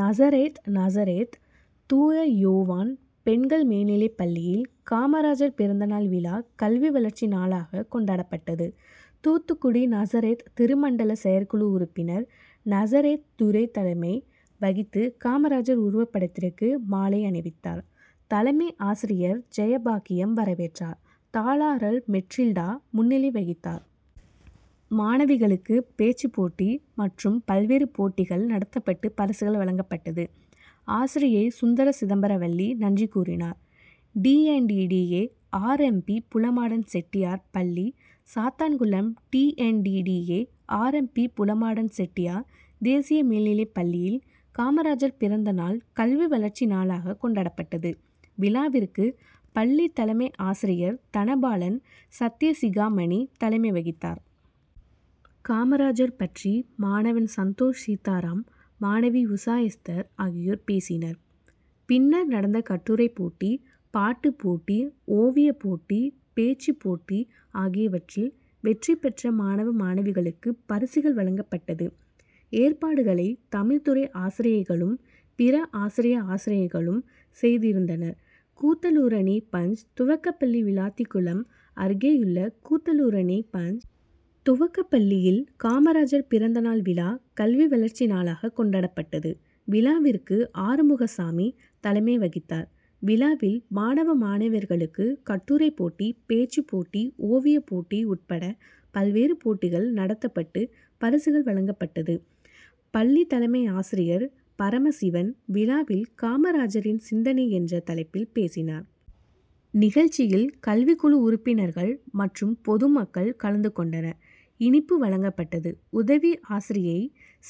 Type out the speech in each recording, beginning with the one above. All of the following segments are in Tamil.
நாசரேத் நாசரேத் தூய யோவான் பெண்கள் மேல்நிலைப்பள்ளியில் காமராஜர் பிறந்தநாள் விழா கல்வி வளர்ச்சி நாளாகக் கொண்டாடப்பட்டது. தூத்துக்குடி-நாசரேத் திருமண்டல செயற்குழு உறுப்பினர் நாசரேத் துரை தலைமை வகித்து காமராஜர் உருவப்படத்திற்கு மாலை அணிவித்தார். தலைமை ஆசிரியை ஜெயபாக்கியம் வரவேற்றார். தாளாளர் மெற்றில்டா முன்னிலை வகித்தார். மாணவிகளுக்கு பேச்சுப்போட்டி மற்றும் பல்வேறு போட்டிகள் நடத்தப்பட்டு பரிசுகள் வழங்கப்பட்டது. ஆசிரியை சுந்தரசிதம்பரவள்ளி நன்றி கூறினார். டிஎன்டிடிஏ ஆர்எம்பி புலமாடன் செட்டியார் பள்ளி சாத்தான்குளம் டிஎன்டிடிஏ ஆர்எம்பி புலமாடன் செட்டியார் தேசிய மேல்நிலைப்பள்ளியில் காமராஜர் பிறந்தநாள் கல்வி வளர்ச்சி நாளாகக் கொண்டாடப்பட்டது. விழாவிற்கு பள்ளித் தலைமையாசிரியர் தனபாலன் சத்தியசிகாமணி தலைமை வகித்தார். காமராஜர் பற்றி மாணவன் சந்தோஷ் சீதாராம் மாணவி உஷா எஸ்தர் ஆகியோர் பேசினர். பின்னர் நடந்த கட்டுரைப்போட்டி பாட்டுப்போட்டி ஓவியப்போட்டி பேச்சுப்போட்டி ஆகியவற்றில் வெற்றி பெற்ற மாணவ மாணவிகளுக்கு பரிசுகள் வழங்கப்பட்டது. ஏற்பாடுகளை தமிழ்துறை ஆசிரியைகளும் பிற ஆசிரிய ஆசிரியைகளும் செய்திருந்தனர். கூத்தலூரணி பஞ். துவக்கப்பள்ளி விளாத்திகுளம் அருகேயுள்ள கூத்தலூரணி பஞ். துவக்கப்பள்ளியில் காமராஜர் பிறந்தநாள் விழா கல்வி வளர்ச்சி நாளாகக் கொண்டாடப்பட்டது. விழாவிற்கு ஆறுமுகச்சாமி தலைமை வகித்தார். விழாவில் மாணவ மாணவியர்களுக்கு கட்டுரைப்போட்டி பேச்சுப்போட்டி ஓவியப்போட்டி உட்பட பல்வேறு போட்டிகள் நடத்தப்பட்டு பரிசுகள் வழங்கப்பட்டது. பள்ளி தலைமையாசிரியர் பரமசிவன் விழாவில் காமராஜரின் சிந்தனை என்ற தலைப்பில் பேசினார். நிகழ்ச்சியில் கல்விக்குழு உறுப்பினர்கள் மற்றும் பொதுமக்கள் கலந்து கொண்டனர். இனிப்பு வழங்கப்பட்டது. உதவி ஆசிரியை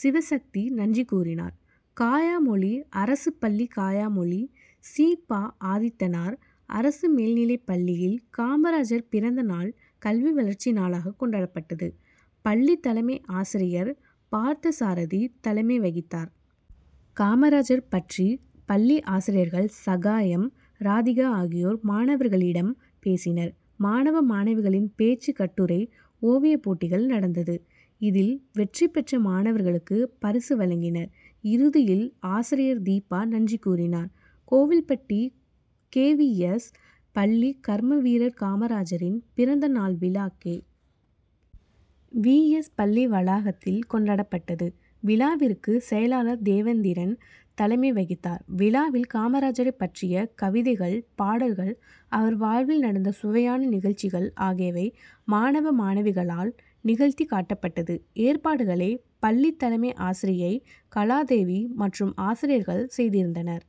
சிவசக்தி நன்றி கூறினார். காயாமொழி அரசு பள்ளி காயாமொழி சி. பா. ஆதித்தனார் அரசு மேல்நிலைப்பள்ளியில் காமராஜர் பிறந்தநாள் கல்வி வளர்ச்சி நாளாகக் கொண்டாடப்பட்டது. பள்ளி தலைமை ஆசிரியர் பார்த்தசாரதி தலைமை வகித்தார். காமராஜர் பற்றி பள்ளி ஆசிரியர்கள் சகாயம் ராதிகா ஆகியோர் மாணவர்களிடம் பேசினர். மாணவ மாணவிகளின் பேச்சு கட்டுரை ஓவியப் போட்டிகள் நடந்தது. இதில் வெற்றி பெற்ற மாணவர்களுக்கு பரிசு வழங்கினர். இறுதியில் ஆசிரியர் தீபா நன்றி கூறினார். கோவில்பட்டி கேவிஎஸ். பள்ளி கர்மவீரர் காமராஜரின் பிறந்த நாள் விழா கே. வி. எஸ் பள்ளி வளாகத்தில் கொண்டாடப்பட்டது. விழாவிற்கு செயலாளர் தேவேந்திரன் தலைமை வகித்தார். விழாவில் காமராஜரைப் பற்றிய கவிதைகள் பாடல்கள் அவர் வாழ்வில் நடந்த சுவையான நிகழ்ச்சிகள் ஆகியவை மாணவ மாணவிகளால் நிகழ்த்திக் காட்டப்பட்டது. ஏற்பாடுகளை பள்ளித் தலைமை ஆசிரியை கலா தேவி மற்றும் ஆசிரியர்கள் செய்திருந்தனர்.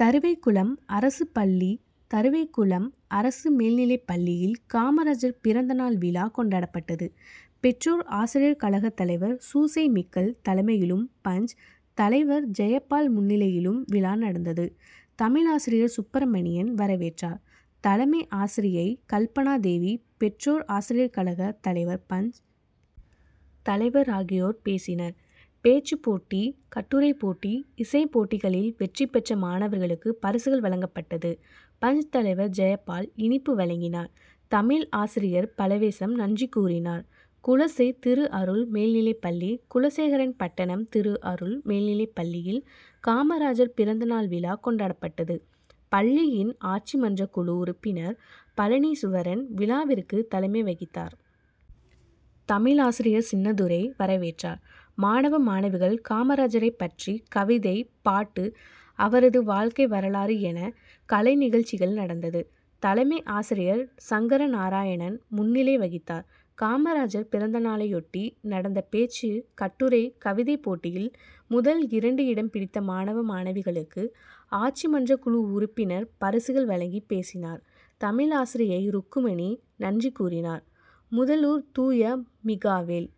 தருவைக்குளம் அரசு பள்ளி தருவைக்குளம் அரசு மேல்நிலைப்பள்ளியில் காமராஜர் பிறந்த நாள் விழா கொண்டாடப்பட்டது. பெற்றோர் ஆசிரியர் கழக தலைவர் சூசை மிக்கேல் தலைமையிலும் பஞ். தலைவர் ஜெயபால் முன்னிலையிலும் விழா நடந்தது. தமிழாசிரியர் சுப்பிரமணியன் வரவேற்றார். தலைமை ஆசிரியை கல்பனா தேவி பெற்றோர் ஆசிரியர் கழக தலைவர் பஞ். தலைவர் ஆகியோர் பேசினர். பேச்சுப் போட்டி கட்டுரைப் போட்டி இசைப் போட்டிகளில் வெற்றி பெற்ற மாணவர்களுக்கு பரிசுகள் வழங்கப்பட்டது. பஞ்.தலைவர் ஜெயபால் இனிப்பு வழங்கினார். தமிழாசிரியர் பலவேசம் நன்றி கூறினார். குலசை. திருஅருள் மேல்நிலைப்பள்ளி குலசேகரன்பட்டணம் திருஅருள் மேல்நிலைப்பள்ளியில் காமராஜர் பிறந்தநாள் விழா கொண்டாடப்பட்டது. பள்ளியின் ஆட்சி மன்றக்குழு உறுப்பினர் பழநீசுவரன் விழாவிற்கு தலைமை வகித்தார். தமிழாசிரியர் சின்னத்துரை வரவேற்றார். மாணவ மாணவிகள் காமராஜரைப்பற்றி கவிதை பாட்டு அவரது வாழ்க்கை வரலாறு என கலைநிகழ்ச்சிகள் நடந்தது. தலைமை ஆசிரியர் சங்கரநாராயணன் முன்னிலை வகித்தார். காமராஜர் பிறந்தநாளையொட்டி நடந்த பேச்சு கட்டுரை கவிதைப்போட்டியில் முதல் இரண்டு இடம் பிடித்த மாணவ மாணவிகளுக்கு ஆட்சிமன்றக்குழு உறுப்பினர் பரிசுகள் வழங்கி பேசினார். தமிழாசிரியை ருக்மணி நன்றி கூறினார். முதலூர் தூய மிகாவேல்